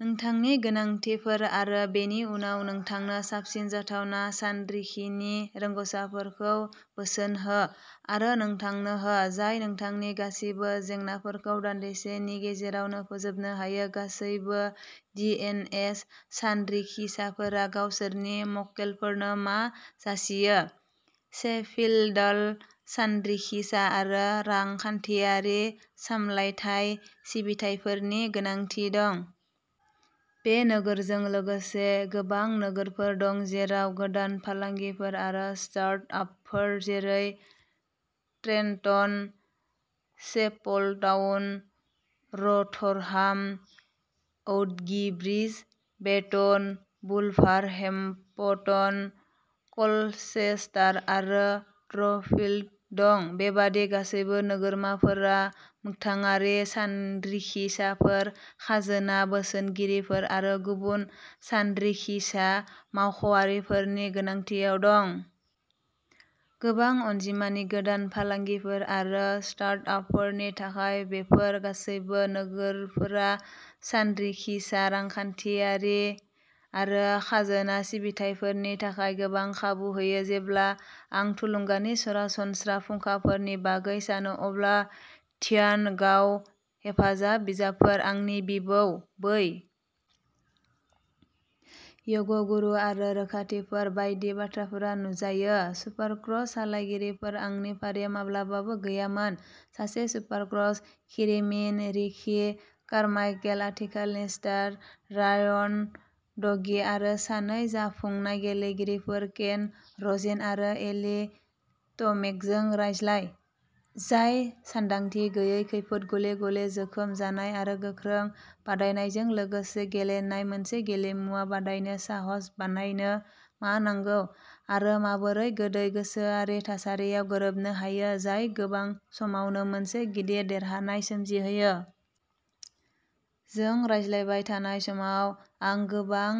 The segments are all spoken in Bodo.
नोंथांनि गोनांथिफोर आरो बेनि उनाव नोंथांनो साबसिन जाथावना सानरिखिनि रोंग'साफोरखौ बोसोन हो आरो नोंथांनो हो, जाय नोंथांनि गासिबो जेंनाफोरखौ दान्दिसेनि गेजेरावनो फोजोबनो हायो। गासैबो दि एन एस सानरिखिसाफोरा गावसोरनि मक्केलफोरनो मा जासियो? शेफिल्डाल'सानरिखिसा आरो रांखान्थियारि सामलायथाय सिबिथाइफोरनि गोनांथि दं। बे नोगोरजों लोगोसे, गोबां नोगोरफोर दं जेराव गोदान फालांगिफोर आरो स्टार्ट-आपफोर जेरै Trenton, Chapeltown, Rotherham, Oughtibridge, Beighton, Wolverhampton, Colchester आरो ड्रनफिल्ड दं। बेबादि गासैबो नोगोरमाफोरा मोगथाङारि सानरिखिसाफोर, खाजोना बोसोनगिरिफोर आरो गुबुन सानरिखिसा मावख'आरिफोरनि गोनांथियाव दं। गोबां अनजिमानि गोदान फालांगिफोर आरो स्टार्ट-आपफोरनि थाखाय, बेफोर गासैबो नोगोरफोरा सानरिखिसा, रांखान्थियारि आरो खाजोना सिबिथाइफोरनि थाखाय गोबां खाबु होयो। जेब्ला आं थुलुंगानि सरासनस्रा फुंखाफोरनि बागै सानो, अब्ला "ध्यान", "गाव-हेफाजाब बिजाबफोर", "आंनि बिबौ", "बै य'ग गुरु", आरो "रोखाथिफोर" बायदि बाथ्राफोरा नुजायो-"सुपारक्र'स सालायगिरिफोर" आंनि फारियाव माब्लाबाबो गैयामोन, सासे सुपारक्र'स खिरिमिन, रिकी कारमाइकेल, आथिखालनि स्टार रायन डंगे आरो सानै जाखांफुनाय गेलेगिरिफोर, केन र'जेन आरो एली ट'मेकजों रायज्लाय, जाय सानदांथि गैयै खैफोद, गले-गले जोखोम जानाय आरो गोख्रों बादायनायजों लोगोसे गेलेनाय मोनसे गेलेमुआव बादायनो साहस बानायनो मा नांगौ, आरो माबोरै गोदै गोसोआरि थासारियाव गोरोबनो हायो, जाय गोबां समावनो मोनसे गिदिर देरहानाय सोमजिहोयो। जों रायज्लायबाय थानाय समाव, आं गोबां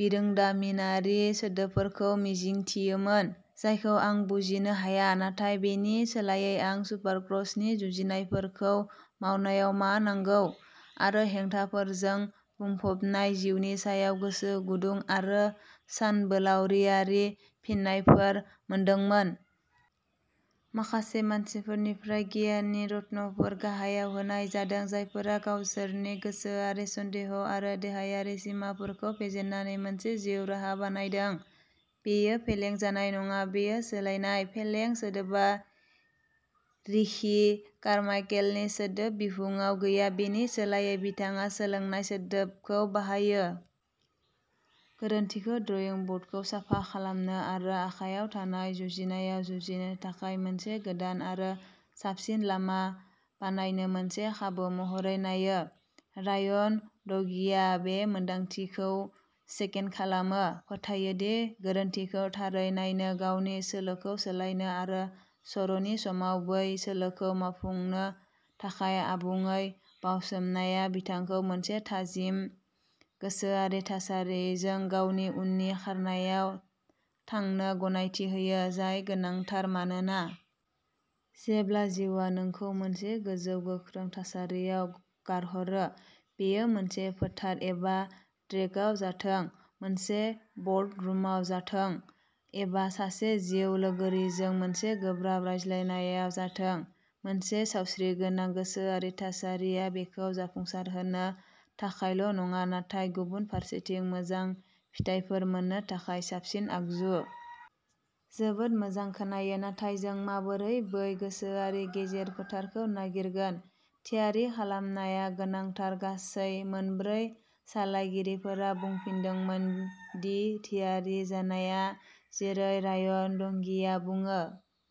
बिरोंदामिनारि सोदोबफोरखौ मिजिंथियोमोन, जायखौ आं बुजिनो हाया, नाथाय बेनि सोलायै, आं सुपारक्र'सनि जुजिनायफोरखौ मावनायाव मा नांगौ, आरो हेंथाफोरजों बुंफबनाय जिउनि सायाव गोसो गुदुं आरो सानबोलावरियारि फिननायफोर मोनदोंमोन। माखासे मानसिफोरनिफ्राय गियाननि रत्नफोर गाहायाव होनाय जादों, जायफोरा गावसोरनि गोसोआरि सन्देह आरो देहायारि सिमाफोरखौ फेजेननानै मोनसे जिउ राहा बानायदों। बेयो फेलें जानाय नङा, बेयो सोलोंनाय। "फेलें" सोदोबा रिकी कारमाइकेलनि सोदोब बिहुंआव गैया, बिनि सोलायै, बिथाङा "सोलोंनाय" सोदोबखौ बाहायो। गोरोन्थिखौ ड्रइं ब'र्डखौ साफा खालामनो आरो आखायाव थानाय जुजिनायाव जुजिनो थाखाय मोनसे गोदान आरो साबसिन लामा बानायनो मोनसे खाबु महरै नायो। रायन डंगिआ बे मोन्दांथिखौ सेकेन्ड खालामो, फोथायो दि गोरोन्थिखौ थारै नायनो, गावनि सोलोखौ सोलायनो, आरो सर'नि समाव बै सोलोखौ मावफुंनो थाखाय आबुङै बाउसोमनाया बिथांखौ मोनसे थाजिम गोसोआरि थासारिजों गावनि उननि खारनायाव थांनो गनायथि होयो, जाय गोनांथार मानोना... जेब्ला जिउआ नोंखौ मोनसे गोजौ गोख्रों थासारियाव गारहरो, बेयो मोनसे फोथार एबा ट्रेकआव जाथों, मोनसे ब'र्डरुमाव जाथों, एबा सासे जिउ लोगोरिजों मोनसे गोब्राब रायज्लायनायाव जाथों, मोनसे सावस्रिगोनां गोसोआरि थासारिया बेखौ जाफुंसारहोनो थाखायल'नङा, नाथाय गुबुन फारसेथिं मोजां फिथायफोर मोन्नो थाखाय साबसिन आगजु। जोबोद मोजां खोनायो, नाथाय जों माबोरै बै गोसोआरि गेजेर फोथारखौ नागिरगोन... थियारि खालामनाया गोनांथार। गासै मोनब्रै सालायगिरिफोरा बुंफिनदोंमोन दि थियारि जानाया, जेरै रायन डंगिआ बुङो,